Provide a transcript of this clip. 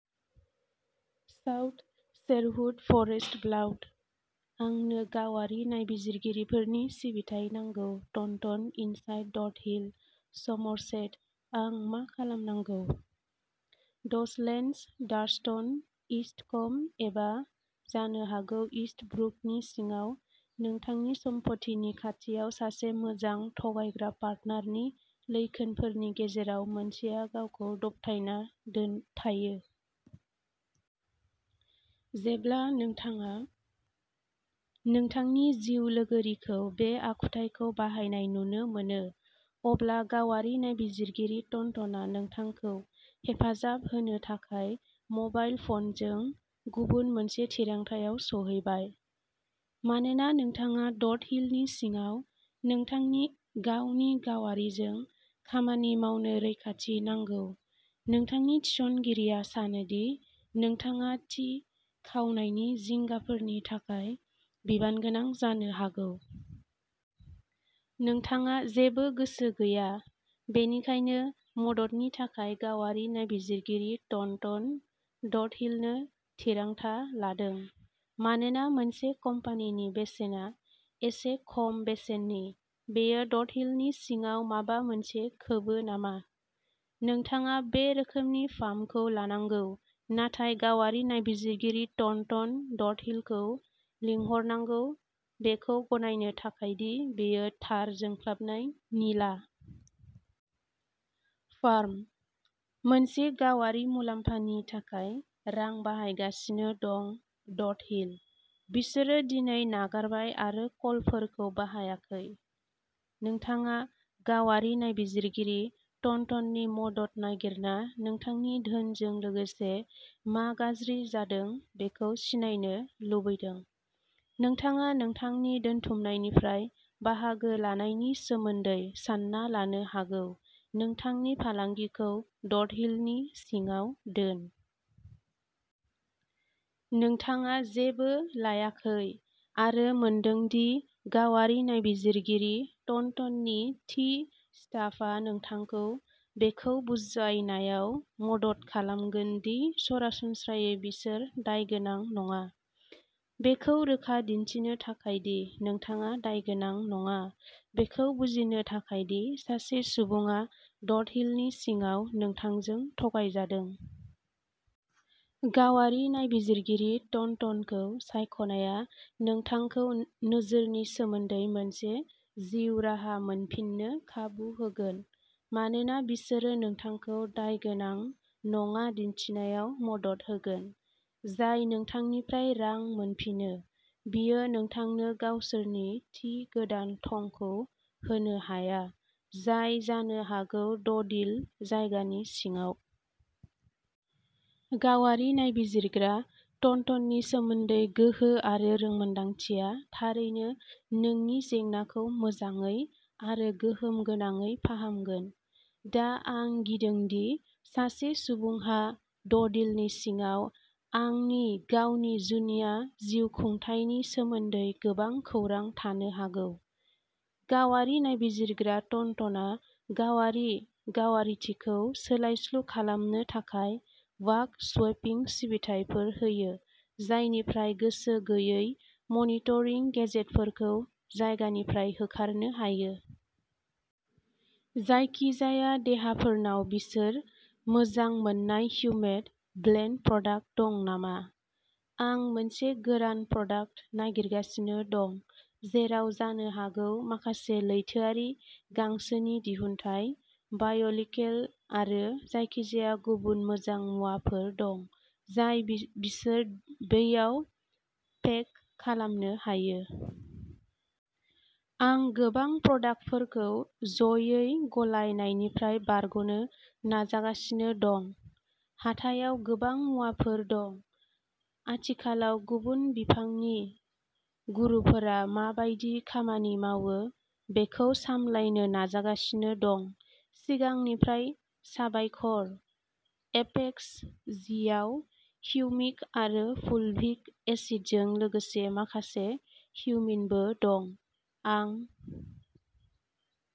South Sherwood Forest ब्लावड। आंनो गावारि नायबिजिरगिरिफोरनि सिबिथाय नांगौ टनटन इनसाइड ड'डहिल, समरसेट आं मा खालामनांगौ? ड'सलेन्डस, डार्स्टन, ईस्ट कम्ब एबा जानो हागौ इस्टब्रुकनि सिङाव नोंथांनि सम्पथिनि खाथियाव सासे मोजां थगायग्रा पार्टनारनि लैखोनफोरनि गेजेराव मोनसेआ गावखौ दबथायना दोन थायो। जेब्ला नोंथाङा नोंथांनि जिउ लोगोरिखौ बे आखुथायखौ बाहायनाय नुनो मोनो अब्ला गावारि नायबिजिरगिरि टनटनआ नोंथांखौ हेफाजाब होनो थाखाय मबाइल फनजों गुबुन मोनसे थिरांथायाव सौहैबाय। मानोना नोंथाङा ड'डहिलनि सिङाव नोंथांनि गावनि गावारिजों खामानि मावनो रैखाथि नांगौ, नोंथांनि थिसनगिरिया सानो दि नोंथाङा थि खावनायनि जिंगाफोरनि थाखाय बिबानगोनां जानो हागौ। नोंथाङा जेबो गोसो गैया, बेनिखायनो मददनि थाखाय गावारि नायबिजिरगिरि टनटन, ड'डहिलनो थिरांथा लादों। मानोना मोनसे कम्पानिनि बेसेना एसे खम बेसेननि, बेयो ड'डहिलनि सिङाव माबा मोनसे खोबो नामा? नोंथाङा बे रोखोमनि फार्मखौ लानांगौ नाथाय गावारि नायबिजिरगिरि टनटन, ड'डहिलखौ लिंहरनांगौ बेखौ गनायनो थाखाय दि बेयो थार जोंख्लाबनाय निला। फार्म। मोनसे गावारि मुलाम्फानि थाखाय रां बाहायगासिनो दं ड'डहिल, बिसोरो दिनै नागारबाय आरो कलफोरखौ बाहायाखै। नोंथाङा गावारि नायबिजिरगिरि ट'न्टननि मदद नागिरना नोंथांनि धोनजों लोगोसे मा गाज्रि जादों बेखौ सिनायनो लुबैदों। नोंथाङा नोंथांनि दोनथुमनायनिफ्राय बाहागो लानायनि सोमोन्दै सान्ना लानो हागौ, नोंथांनि फालांगिखौ ड'डहिलनि सिङाव दोन। नोंथाङा जेबो लायाखै आरो मोनदों दि गावारि नायबिजिरगिरि ट'न्टननि थि स्टाफा नोंथांखौ बेखौ बुजायनायाव मदद खालामगोन दि सरासनस्रायै बिसोर दायगोनां नङा। बेखौ रोखा दिन्थिनो थाखाय दि नोंथाङा दायगोनां नङा, बेखौ बुजिनो थाखाय दि सासे सुबुङा ड'डहिलनि सिङाव नोंथांजों थगायजादों। गावारि नायबिजिरगिरि ट'न्टनखौ सायख'नाया नोंथांखौ नोजोरनि सोमोन्दै मोनसे जिउ राहा मोनफिन्नो खाबु होगोन मानोना बिसोरो नोंथांखौ दायगोनां नङा दिन्थिनायाव मदद होगोन। जाय नोंथांनिफ्राय रां मोनफिनो, बियो नोंथांनो गावसोरनि थि गोदान थंखौ होनो हाया, जाय जानो हागौ ड'ढिल जायगानि सिङाव। गावारि नायबिजिरग्रा ट'न्टननि सोमोन्दै गोहो आरो रोंमोनदांथिया थारैनो नोंनि जेंनाखौ मोजाङै आरो गोहोम गोनाङै फाहामगोन। दा आं गिदों दि सासे सुबुंहा ड'ढिलनि सिङाव आंनि गावनि जुनिया जिउखुंथायनि सोमोन्दै गोबां खौरां थानो हागौ। गावारि नायबिजिरग्रा ट'न्टनआ गावआरि गावारिथिखौ सोलायस्लु खालामनो थाखाय बाग स्वीपिं सिबिथाइफोर होयो, जायनिफ्राय गोसो गैयै मनिटरिं गेजेटफोरखौ जायगानिफ्राय होखारनो हायो। जायखिजाया देहाफोरनाव बिसोर मोजां मोननाय हिउमेट ब्लेन्ड प्रडाक्ट दं नामा? आं मोनसे गोरान प्रडाक्ट नागिरगासिनो दं जेराव जानो हागौ माखासे लैथोआरि गांसोनि दिहुनथाय, बाय'लिकेल आरो जायखिजाया गुबुन मोजां मुवाफोर दं जाय बिसोर बैयाव पेक खालामनो हायो। आं गोबां प्रडाक्टफोरखौ ज'यै गलायनायनिफ्राय बारग'नो नाजागासिनो दं। हाथायाव गोबां मुवाफोर दं, आथिखालाव गुबुन बिफांनि गुरुफोरा मा बायदि खामानि मावो बेखौ सामलायनो नाजागासिनो दं। सिगांनिफ्राय साबायखर। एपेक्स जि आव हिउमिक आरो फुलभिक एसिडजों लोगोसे माखासे हिउमिनबो दं। आं --